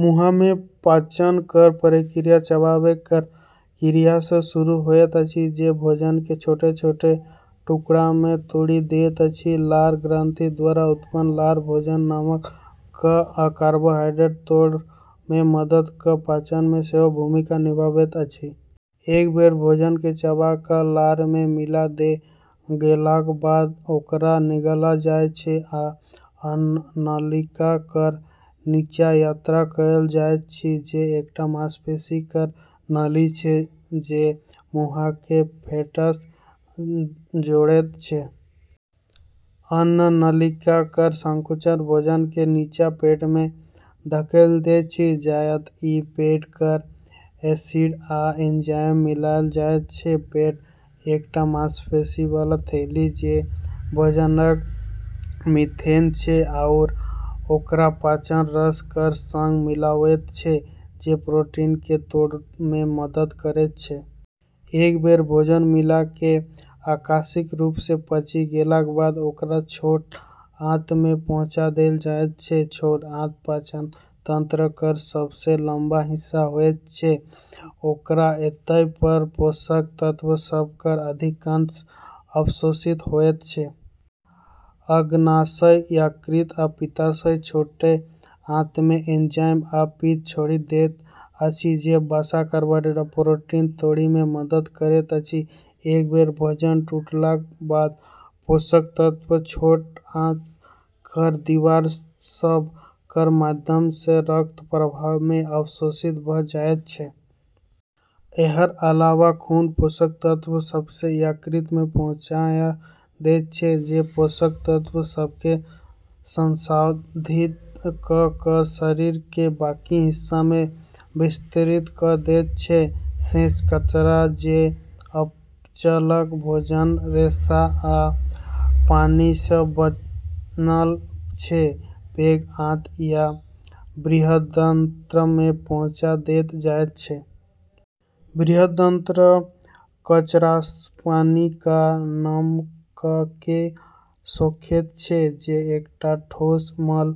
मुँहमे पाचन केर प्रक्रिया चबाबै केर क्रियासँ शुरू होइत अछि, जे भोजनकेँ छोट-छोट टुकड़ामे तोड़ि दैत अछि। लार ग्रंथि द्वारा उत्पन्न लार भोजनकेँ नम कऽ आ कार्बोहाइड्रेटकेँ तोड़ैमे मदद कऽ पाचनमे सेहो भूमिका निभाबैत अछि। एक बेर भोजनकेँ चबा कऽ लारमे मिला देल गेलाक बाद ओकरा निगलल जाइत छै आ अन्ननलिका केर नीचाँ यात्रा कएल जाइत छै, जे एकटा मांसपेशी केर नली छै जे मुँहकेँ पेटसँ जोड़ैत छै। अन्ननलिका केर संकुचन भोजनकेँ नीचाँ पेटमे धकेल दैत छै, जतए ई पेट केर एसिड आ एंजाइमसँ मिलायल जाइत छै। पेट एकटा मांसपेशीवाला थैली छै जे भोजनकेँ मथैत छै आरू ओकरा पाचन रस केर संग मिलाबैत छै जे प्रोटीनकेँ तोड़ैमे मदद करैत छै। एक बेर भोजन मिला कऽ आंशिक रूपसँ पचि गेलाक बाद ओकरा छोट आंतमे पहुँचा देल जाइत छै। छोट आंत पाचन तंत्र केर सबसँ लम्बा हिस्सा होइत छै आरू एतए पर पोषक तत्व सभ केर अधिकांश अवशोषण होइत छै। अग्न्याशय, यकृत आ पित्ताशय छोट आंतमे एंजाइम आ पित्त छोड़ि दैत अछि जे वसा, कार्बोहाइड्रेट आ प्रोटीनकेँ तोड़ैमे मदद करैत अछि। एक बेर भोजन टूटलाक बाद पोषक तत्व छोट आंत केर दीवार सभ केर माध्यमसँ रक्तप्रवाहमे अवशोषित भऽ जाइत छै। एकर अलावा खून पोषक तत्व सभकेँ यकृतमे पहुँचाए दैत छै, जे पोषक तत्व सभकेँ संसाधित कऽ कऽ शरीर केर बाकी हिस्सामे वितरित कऽ दैत छै। शेष कचरा, जे अपचल भोजन, रेशा आ पानीसँ बनल छै, पैघ आंत या बृहदान्त्रमे पहुँचा देल जाइत छै। बृहदान्त्र कचरासँ पानी आ नमककेँ सोखैत छै, जे एकटा ठोस मल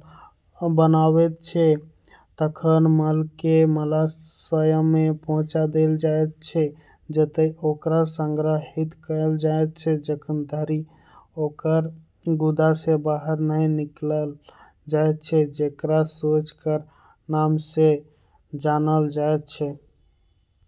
बनाबैत छै। तखन मलकेँ मलाशयमे पहुँचा देल जाइत छै, जतए ओकरा संग्रहित कएल जाइत छै, जखन धरि ओकरा गुदासँ बाहर नहि निकालल जाइत छै, जेकरा शौच केर नामसँ जानल जाइत छै।